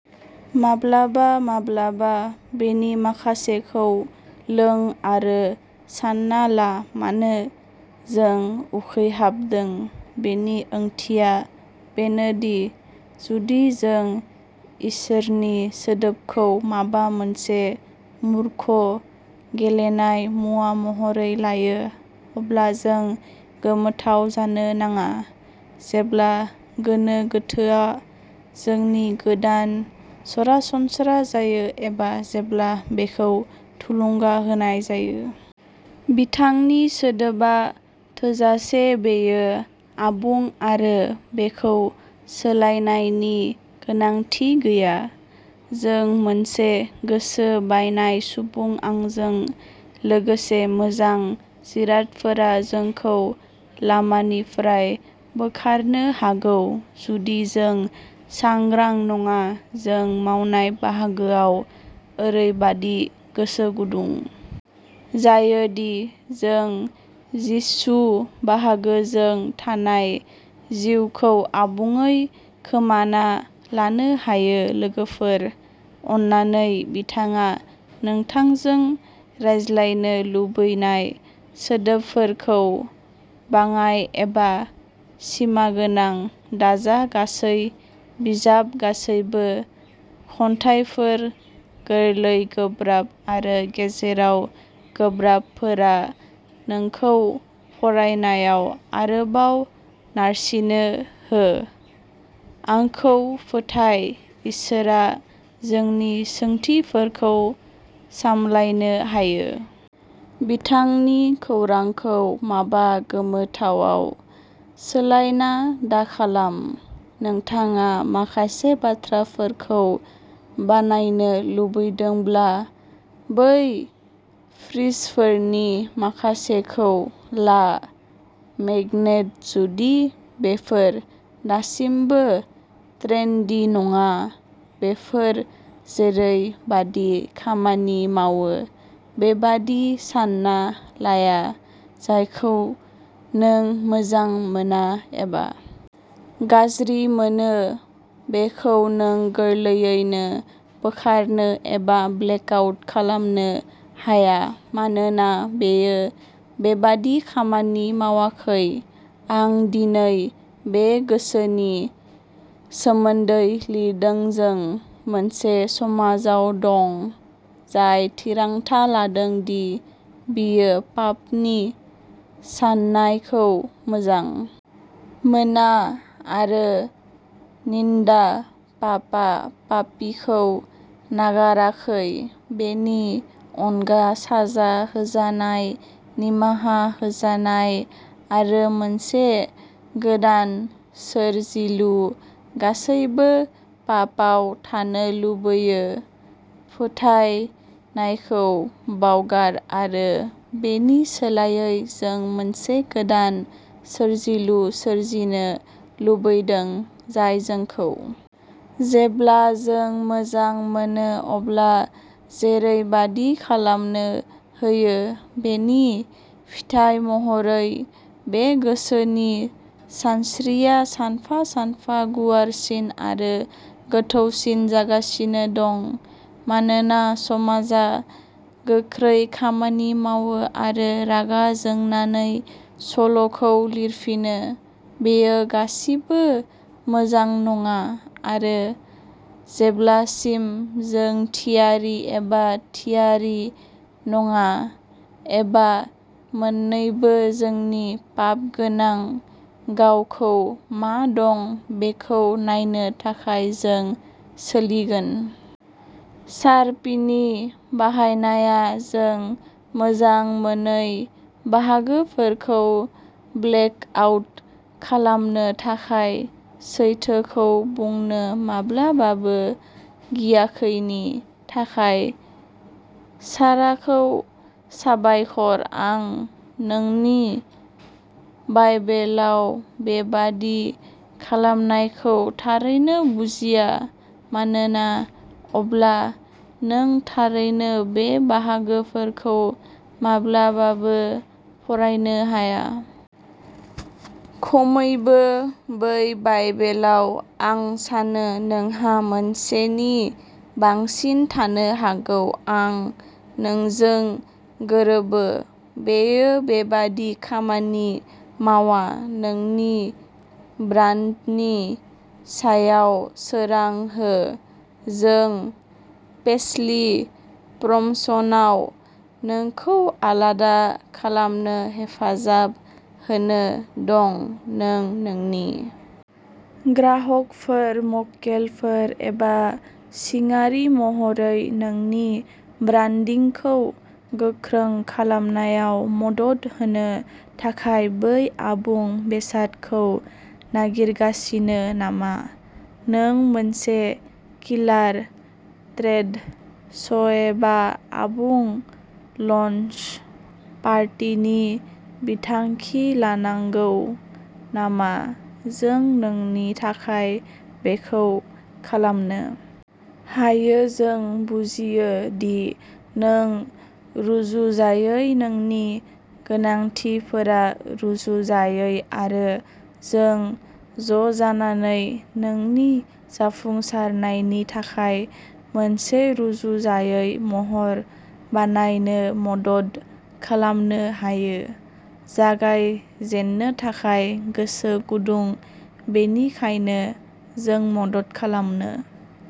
माब्लाबा माब्लाबा बेनि माखासेखौ लों आरो सानना ला मानो जों उखैहाबदों बेनि ओंथिया बेनोदि जुदि जों इसोरनि सोदोबखौ माबा मोनसे मूर्ख गेलेनाय मुवा महरै लायो अब्ला जों गोमोथाव जानो नाङा जेब्ला गोनो गोथोआ जोंनि गोदान सरासनस्रा जायो एबा जेब्ला बेखौ थुलुंगा होनाय जायो। बिथांनि सोदोबआ थोजासे बेयो आबुं आरो बेखौ सोलायनायनि गोनांथि गैया जों मोनसे गोसो बायनाय सुबुं आंजों लोगोसे मोजां जिरादफोरा जोंखौ लामानिफ्राय बोखारनो हागौ जुदि जों सांग्रां नङा जों मावनाय बाहागोआव ओरैबादि गोसो गुदुं जायो दि जों जिसु बाहागोजों थानाय जिउखौ आबुङै खोमाना लानो हायो लोगोफोर अन्नानै बिथाङा नोंथांजों रायज्लायनो लुबैनाय सोदोबफोरखौ बाङाइ एबा सिमागोनां दाजा गासै बिजाब गासैबो खन्थाइफोर गोरलै गोब्राब आरो गेजेराव गोब्राबफोरा नोंखौ फरायनायाव आरोबाव नारसिनो हो आंखौ फोथाय इसोरआ जोंनि सोंथिफोरखौ सामलायनो हायो। बिथांनि खौरांखौ माबा गोमोथावाव सोलायना दाखालाम नोंथाङा माखासे बाथ्राफोरखौ बानायनो लुबैदोंब्ला बै फ्रिजफोरनि माखासेखौ ला मेगनेट जुदि बेफोर दासिमबो ट्रेन्डी नङा बेफोर जेरैबादि खामानि मावो बेबादि सानना लाया जायखौ नों मोजां मोना एबा गाज्रि मोनो बेखौ नों गोरलैयैनो बोखारनो एबा ब्लेक आउट खालामनो हाया मानोना बेयो बेबादि खामानि मावाखै आं दिनै बे गोसोनि सोमोन्दै लिरदोंजों मोनसे समाजाव दं जाय थिरांथा लादों दि बियो पापनि साननायखौ मोजां मोना आरो निन्दा पापआ पापीखौ नागाराखै बेनि अनगा साजा होजानाय निमाहा होजानाय आरो मोनसे गोदान सोरजिलु गासैबो पापआव थानो लुबैयो फोथायनायखौ बावगार आरो बेनि सोलायै जों मोनसे गोदान सोरजिलु सोरजिनो लुबैदों जाय जोंखौ जेब्ला जों मोजां मोनो अब्ला जेरैबादि खालामनो होयो बेनि फिथाइ महरै बे गोसोनि सानस्रिया सानफा सानफा गुवारसिन आरो गोथौसिन जागासिनो दं मानोना समाजआ गोख्रै खामानि मावो आरो रागा जोंनानै सल'खौ लिरफिनो बेयो गासिबो मोजां नङा आरो जेब्लासिम जों थियारि एबा थियारि नङा एबा मोननैबो जोंनि पापगोनां गावखौ मा दं बेखौ नायनो थाखाय जों सोलिगोन। शार्पिनि बाहायनाया जों मोजां मोनै बाहागोफोरखौ ब्लेक आउट खालामनो थाखाय सैथोखौ बुंनो माब्लाबाबो गियाखैनि थाखाय शाराखौ साबायखर आं नोंनि बाइबेलाव बेबादि खालामनायखौ थारैनो बुजिया मानोना अब्ला नों थारैनो बै बाहागोफोरखौ माब्लाबाबो फरायनो हाया खमैबो बै बाइबेलाव आं सानो नोंहा मोनसेनि बांसिन थानो हागौ आं नोंजों गोरोबो बेयो बेबादि खामानि मावा नोंनि ब्रान्डनि सायाव सोरां हो जों पेसलि प्रमशनआव नोंखौ आलादा खालामनो हेफाजाब होनो दं नों नोंनि ग्राहकफोर मक्केलफोर एबा सिंआरि महरै नोंनि ब्रान्डिंखौ गोख्रों खालामनायाव मदद होनो थाखाय बै आबुं बेसादखौ नागिरगासिनो नामा नों मोनसे किलार ट्रेड श'एबा आबुं लन्च पार्टिनि बिथांखि लानांगौ नामा जों नोंनि थाखाय बेखौ खालामनो हायो जों बुजियो दि नों रुजुजायै नोंनि गोनांथिफोरा रुजुजायै आरो जों ज'जानानै नोंनि जाफुंसारनायनि थाखाय मोनसे रुजुजायै महर बानायनो मदद खालामनो हायो जागायजेननो थाखाय गोसो गुदुं बेनिखायनो जों मदद खालामनो